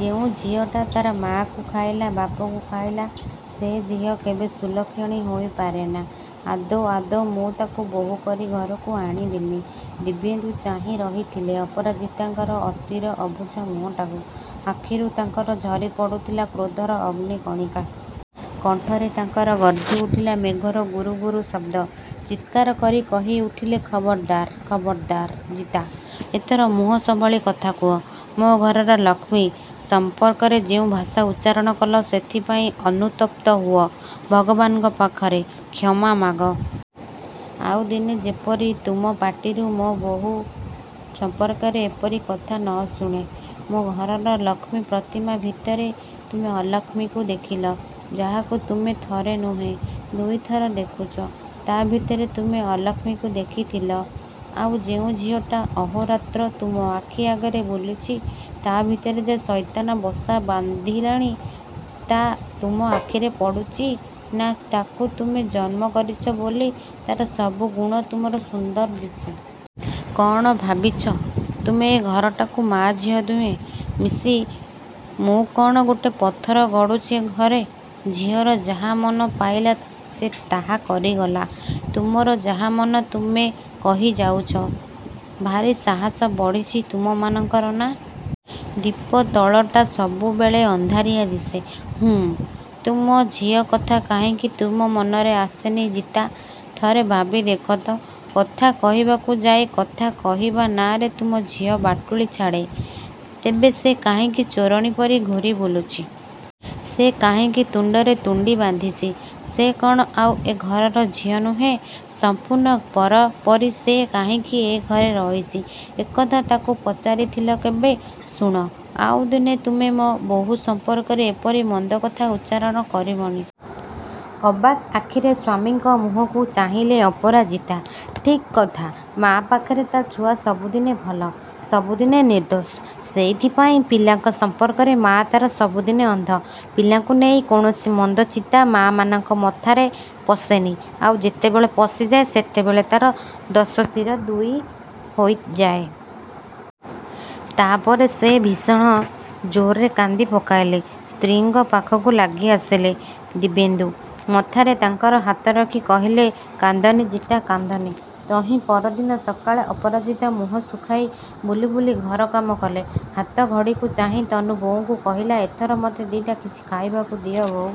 ଯେଉଁ ଝିଅଟା ତା'ର ମାଆକୁ ଖାଇଲା ବାପକୁ ଖାଇଲା, ସେଇ ଝିଅ କେବେ ସୁଲକ୍ଷଣୀ ହୋଇ ପାରେନା। ଆଦୌ, ଆଦୌ ମୁଁ ତାକୁ ବୋହୂ କରି ଘରକୁ ଆଣିବିନି। ଦିବ୍ୟେନ୍ଦୁ ଚାହିଁ ରହିଥିଲେ ଅପରାଜିତାଙ୍କର ଅସ୍ଥିର, ଅବୁଝା ମୁହଁଟାକୁ। ଆଖିରୁ ତାଙ୍କର ଝରି ପଡ଼ୁଥିଲା କ୍ରୋଧର ଅଗ୍ନି କଣିକା। କଣ୍ଠରେ ତାଙ୍କର ଗର୍ଜି ଉଠିଲା ମେଘର ଗୁରୁ ଗୁରୁ ଶବ୍ଦ। ଚିତ୍କାର କରି କହି ଉଠିଲେ ଖବର୍ଦାର୍, ଖବର୍ଦାର୍ ଜିତା, ଏଥର ମୁହଁ ସମ୍ଭାଳି କଥା କୁହ, ମୋ ଘରର ଲକ୍ଷ୍ମୀ ସମ୍ପର୍କରେ ଯେଉଁ ଭାଷା ଉଚ୍ଚାରଣ କଲ ସେଥିପାଇଁ ଅନୁତପ୍ତ ହୁଅ। ଭଗବାନଙ୍କ ପାଖରେ କ୍ଷମା ମାଗ। ଆଉ ଦିନେ ଯେପରି ତୁମ ପାଟିରୁ ମୋ ବୋହୂ ସମ୍ପର୍କରେ ଏପରି କଥା ନ ଶୁଣେ। ମୋ ଘରର ଲକ୍ଷ୍ମୀ ପ୍ରତିମା ଭିତରେ ତୁମେ ଅଲକ୍ଷ୍ମୀକୁ ଦେଖିଲ! ଯାହାକୁ ତୁମେ ଥରେ ନୁହେଁ ଦୁଇଥର ଦେଖିଛ, ତା' ଭିତରେ ତୁମେ ଅଲକ୍ଷ୍ମୀକୁ ଦେଖିଥିଲ? ଆଉ ଯେଉଁ ଝିଅଟା ଅହୋରାତ୍ର ତୁମ ଆଖି ଆଗରେ ବୁଲୁଛି ତା' ଭିତରେ ଯେ ସୈତାନ ବସା ବନ୍ଧିଲାଣି ତା' ତୁମ ଆଖିରେ ପଡ଼ୁଛି ନା ତାକୁ ତୁମେ ଜନ୍ମ କରିଛ ବୋଲି ତା'ର ସବୁ ଗୁଣ ତୁମକୁ ସୁନ୍ଦର ଦିଶେ। କ'ଣ ଭାବିଛ ତୁମେ ଏ ଘରଟାକୁ ମା' ଝିଅ ଦୁହେଁ ମିଶି? ମୁଁ କ'ଣ ଗୋଟେ ପଥର ଗଡ଼ୁଛି ଏ ଘରେ? ଝିଅର ଯାହା ମନ ପାଇଲା ସେ ତାହା କରିଗଲା। ତୁମର ଯାହା ମନ ତୁମେ କହି ଯାଉଛ। ଭାରି ସାହସ ବଢ଼ିଛି ତୁମମାନଙ୍କର ନା? ଦୀପ ତଳଟା ସବୁବେଳେ ଅନ୍ଧାରିଆ ଦିଶେ। ହୁଁ ତୁମ ଝିଅ କଥା କାହିଁକି ତୁମ ମନରେ ଆସେନି ଜିତା? ଥରେ ଭାବି ଦେଖ ତ, କଥା କହିବାକୁ ଯାଇ କଥା କହିବା ନାଁରେ ତୁମ ଝିଅ ବାଟୁଳି ଛାଡ଼େ। ତେବେ ସେ କାହିଁକି ଚୋରିଣୀ ପରି ଘୂରି ବୁଲୁଛି। ସେ କାହିଁକି ତୁଣ୍ଡରେ ତୁଣ୍ଡି ବାନ୍ଧିଛି। ସେ କ'ଣ ଆଉ ଏ ଘରର ଝିଅ ନୁହେଁ। ସମ୍ପୂର୍ଣ୍ଣ ପର ପରି ସେ କାହିଁକି ଏ ଘରେ ରହିଛି। ଏ କଥା ତାକୁ ପଚାରିଥିଲ କେବେ? ଶୁଣ, ଆଉ ଦିନେ ତୁମେ ମୋ ବୋହୂ ସମ୍ପର୍କରେ ଏପରି ମନ୍ଦ କଥା ଉଚ୍ଚାରଣ କରିବନି। ଅବାକ୍ ଆଖିରେ ସ୍ୱାମୀଙ୍କ ମୁହଁକୁ ଚାହିଁଲେ ଅପରାଜିତା। ଠିକ୍ କଥା ମାଆ ପାଖରେ ତା' ଛୁଆ ସବୁଦିନେ ଭଲ, ସବୁଦିନେ ନିର୍ଦ୍ଦୋଷ। ସେଇଥିପାଇଁ ପିଲାଙ୍କ ସମ୍ପର୍କରେ ମାଆ ତା'ର ସବୁଦିନେ ଅନ୍ଧ। ପିଲାଙ୍କୁ ନେଇ କୌଣସି ମନ୍ଦ ଚିନ୍ତା ମାଆମାନଙ୍କ ମଥାରେ ପଶେନି। ଆଉ ଯେତେବେଳେ ପଶିଯାଏ ସେତେବେଳେ ତା'ର ଦଶ ଶିର ଦୁଇହୋଇ ଯାଏ। ତା' ପରେ ସେ ଭୀଷଣ ଜୋର୍‌ରେ କାନ୍ଦି ପକାଇଲେ। ସ୍ତ୍ରୀଙ୍କ ପାଖକୁ ଲାଗି ଆସିଲେ ଦିବ୍ୟେନ୍ଦୁ। ମଥାରେ ତାଙ୍କର ହାତ ରଖି କହିଲେ କାନ୍ଦନି ଜିତା, କାନ୍ଦନି। ତହିଁ ପରଦିନ ସକାଳେ ଅପରାଜିତା ମୁହଁ ଶୁଖାଇ ବୁଲି ବୁଲି ଘର କାମ କଲେ। ହାତ ଘଡ଼ିକୁ ଚାହିଁ ତନୁ ବୋଉଙ୍କୁ କହିଲା ଏଥର ମତେ ଦି'ଟା କିଛି ଖାଇବାକୁ ଦିଅ ବୋଉ।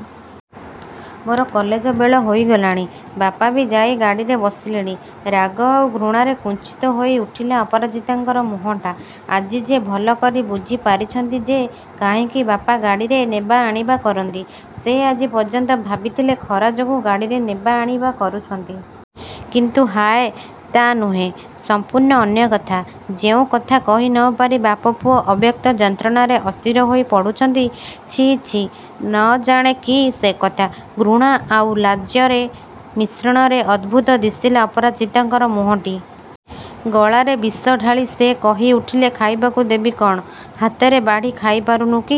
ମୋର କଲେଜ ବେଳ ହୋଇଗଲାଣି। ବାପା ବି ଯାଇ ଗାଡ଼ିରେ ବସିଲେଣି। ରାଗ ଆଉ ଘୃଣାରେ କୁଞ୍ଚିତ ହୋଇ ଉଠିଲା ଅପରାଜିତାଙ୍କର ମୁହଁଟା। ଆଜି ଯେ ଭଲ କରି ବୁଝି ପାରିଛନ୍ତି ଯେ କାହିଁକି ବାପା ଗାଡ଼ିରେ ନେବା ଆଣିବା କରନ୍ତି। ସେ ଆଜି ପର୍ଯ୍ୟନ୍ତ ଭାବିଥିଲେ ଖରା ଯୋଗୁଁ ଗାଡ଼ିରେ ନେବା ଆଣିବା କରୁଛନ୍ତି। କିନ୍ତୁ ହାୟ ତା' ନୁହେଁ, ସମ୍ପୂର୍ଣ୍ଣ ଅନ୍ୟ କଥା ଯେଉଁ କଥା କହି ନ ପାରି ବାପ ପୁଅ ଅବ୍ୟକ୍ତ ଯନ୍ତ୍ରଣାରେ ଅସ୍ଥିର ହୋଇ ପଡ଼ୁଛନ୍ତି। ଛି ଛି ନ ଜାଣେ କି ସେକଥା। ଘୃଣା ଆଉ ଲଜ୍ଜାର ମିଶ୍ରଣରେ ଅଦ୍ଭୁତ ଦିଶିଲା ଅପରାଜିତାଙ୍କର ମୁହଁଟି। ଗଳାରେ ବିଷ ଢାଳି ସେ କହି ଉଠିଲେ ଖାଇବାକୁ ଦେବି କ'ଣ, ହାତରେ ବାଢ଼ି ଖାଇ ପାରୁନୁ କି?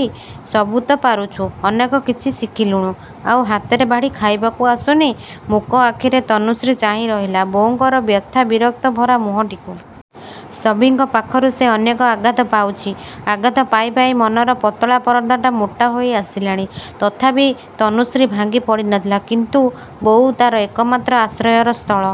ସବୁ ତ ପାରୁଛୁ, ଅନେକ କିଛି ଶିଖିଲୁଣି। ଆଉ ହାତରେ ବାଢ଼ି ଖାଇବାକୁ ଆସୁନି? ମୂକ ଆଖିରେ ତନୁଶ୍ରୀ ଚାହିଁ ରହିଲା ବୋଉଙ୍କର ବ୍ୟଥା ବିରକ୍ତ ଭରା ମୁହଁଟିକୁ। ସଭିଙ୍କ ପାଖରୁ ସେ ଅନେକ ଆଘାତ ପାଉଛି। ଆଘାତ ପାଇ ପାଇ ମନର ପତଳା ପରଦାଟା ମୋଟା ହୋଇ ଆସିଲାଣି। ତଥାପି ତନୁଶ୍ରୀ ଭାଙ୍ଗି ପଡ଼ି ନଥିଲା। କିନ୍ତୁ ବୋଉ ତା'ର ଏକମାତ୍ର ଆଶ୍ରୟର ସ୍ଥଳ।